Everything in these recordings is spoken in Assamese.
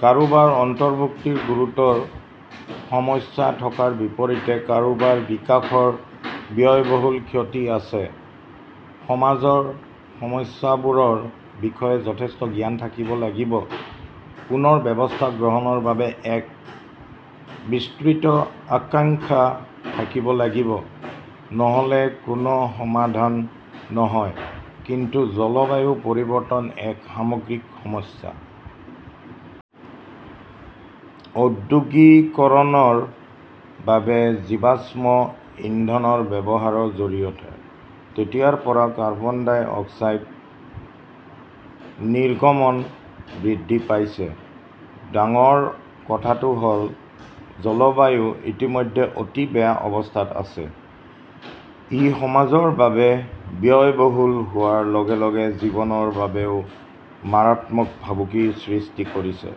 কাৰোবাৰ অন্তৰ্ভুক্তিৰ গুৰুতৰ সমস্যা থকাৰ বিপৰীতে কাৰোবাৰ বিকাশৰ ব্যয়বহুল ক্ষতি আছে। সমাজৰ সমস্যাবোৰৰ বিষয়ে যথেষ্ট জ্ঞান থাকিব লাগিব। পুনৰ ব্যৱস্থা গ্ৰহণৰ বাবে এক বিস্তৃত আকাংক্ষা থাকিব লাগিব। নহ "লে কোনো সমাধান নহয়। কিন্তু জলবায়ু পৰিৱৰ্তন এক সামগ্ৰিক সমস্যা। ঔদ্যোগিকৰণৰ বাবে জীৱাশ্ম ইন্ধনৰ ব্যৱহাৰৰ জৰিয়তে। তেতিয়াৰ পৰা কাৰ্বন ডাই অক্সাইড নিৰ্গমন বৃদ্ধি পাইছে। ডাঙৰ কথাটো হ 'ল, জলবায়ু ইতিমধ্যে অতি বেয়া অৱস্থাত আছে। ই সমাজৰ বাবে ব্যয়বহুল হোৱাৰ লগে লগে জীৱনৰ বাবেও মাৰাত্মক ভাবুকিৰ সৃষ্টি কৰিছে।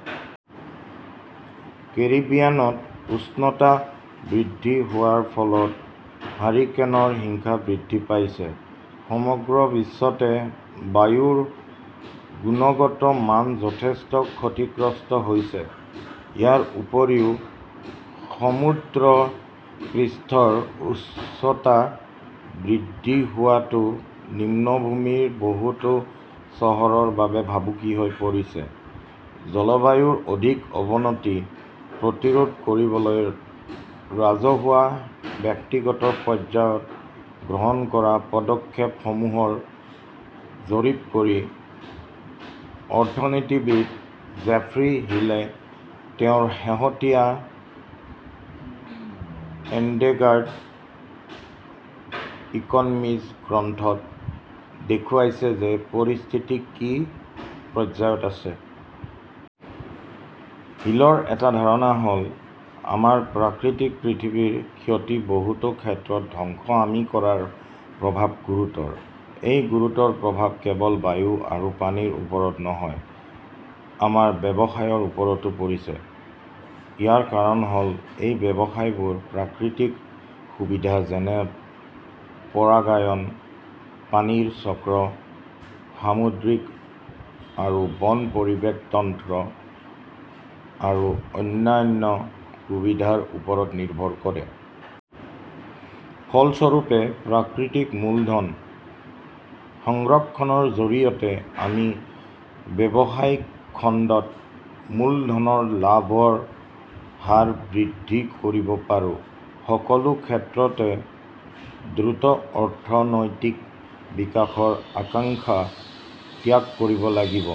কেৰিবিয়ানত উষ্ণতা বৃদ্ধি হোৱাৰ ফলত হাৰিকেনৰ হিংসা বৃদ্ধি পাইছে। সমগ্ৰ বিশ্বতে বায়ুৰ গুণগত মান যথেষ্ট ক্ষতিগ্ৰস্ত হৈছে। ইয়াৰ উপৰিও সমুদ্ৰপৃষ্ঠৰ উচ্চতা বৃদ্ধি হোৱাটো নিম্নভূমিৰ বহুতো চহৰৰ বাবে ভাবুকি হৈ পৰিছে। জলবায়ুৰ অধিক অৱনতি প্ৰতিৰোধ কৰিবলৈ ৰাজহুৱা-ব্যক্তিগত পৰ্যায়ত গ্ৰহণ কৰা পদক্ষেপসমূহৰ জৰীপ কৰি অৰ্থনীতিবিদ জেফ্ৰী হিলে তেওঁৰ শেহতীয়া এণ্ডেঞ্জাৰ্ড ইকনমিজ গ্ৰন্থত দেখুৱাইছে যে পৰিস্থিতি কি পৰ্যায়ত আছে। হিলৰ এটা ধাৰণা হ "ল, আমাৰ প্ৰাকৃতিক পৃথিৱীৰ ক্ষতি-বহুতো ক্ষেত্ৰত ধ্বংস-আমি কৰাৰ প্ৰভাৱ গুৰুতৰ। এই গুৰুতৰ প্ৰভাৱ কেৱল বায়ু আৰু পানীৰ ওপৰত নহয়, আমাৰ ব্যৱসায়ৰ ওপৰতো পৰিছে। ইয়াৰ কাৰণ হ "ল এই ব্যৱসায়বোৰ প্ৰাকৃতিক সুবিধা যেনে পৰাগায়ন, পানীৰ চক্ৰ, সামুদ্ৰিক আৰু বন পৰিৱেশ তন্ত্ৰ আৰু অন্যান্য সুবিধাৰ ওপৰত নিৰ্ভৰ কৰে। ফলস্বৰূপে 'প্ৰাকৃতিক মূলধন "সংৰক্ষণৰ জৰিয়তে আমি ব্যৱসায়িক খণ্ডত মূলধনৰ লাভৰ হাৰ বৃদ্ধি কৰিব পাৰোঁ। সকলো ক্ষেত্ৰতে দ্ৰুত অৰ্থনৈতিক বিকাশৰ আকাংক্ষা ত্যাগ কৰিব লাগিব।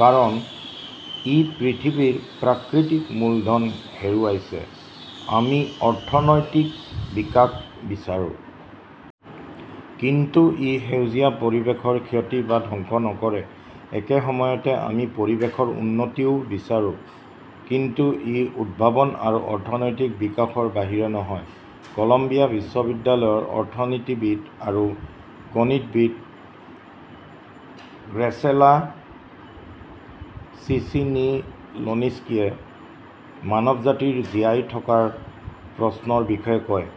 কাৰণ, ই পৃথিৱীৰ প্ৰাকৃতিক মূলধন হেৰুৱাইছে। আমি অৰ্থনৈতিক বিকাশ বিচাৰো। কিন্তু ই 'সেউজীয়া "পৰিৱেশৰ ক্ষতি বা ধ্বংস নকৰে। একে সময়তে আমি পৰিৱেশৰ উন্নতিও বিচাৰো। কিন্তু ই উদ্ভাৱন আৰু অৰ্থনৈতিক বিকাশৰ বাহিৰে নহয়। কলম্বিয়া বিশ্ববিদ্যালয়ৰ অৰ্থনীতিবিদ আৰু গণিতবিদ গ্ৰেচেলা চিচিনিলনিস্কিয়ে মানৱজাতিৰ জীয়াই থকাৰ প্ৰশ্নৰ বিষয়ে কয়।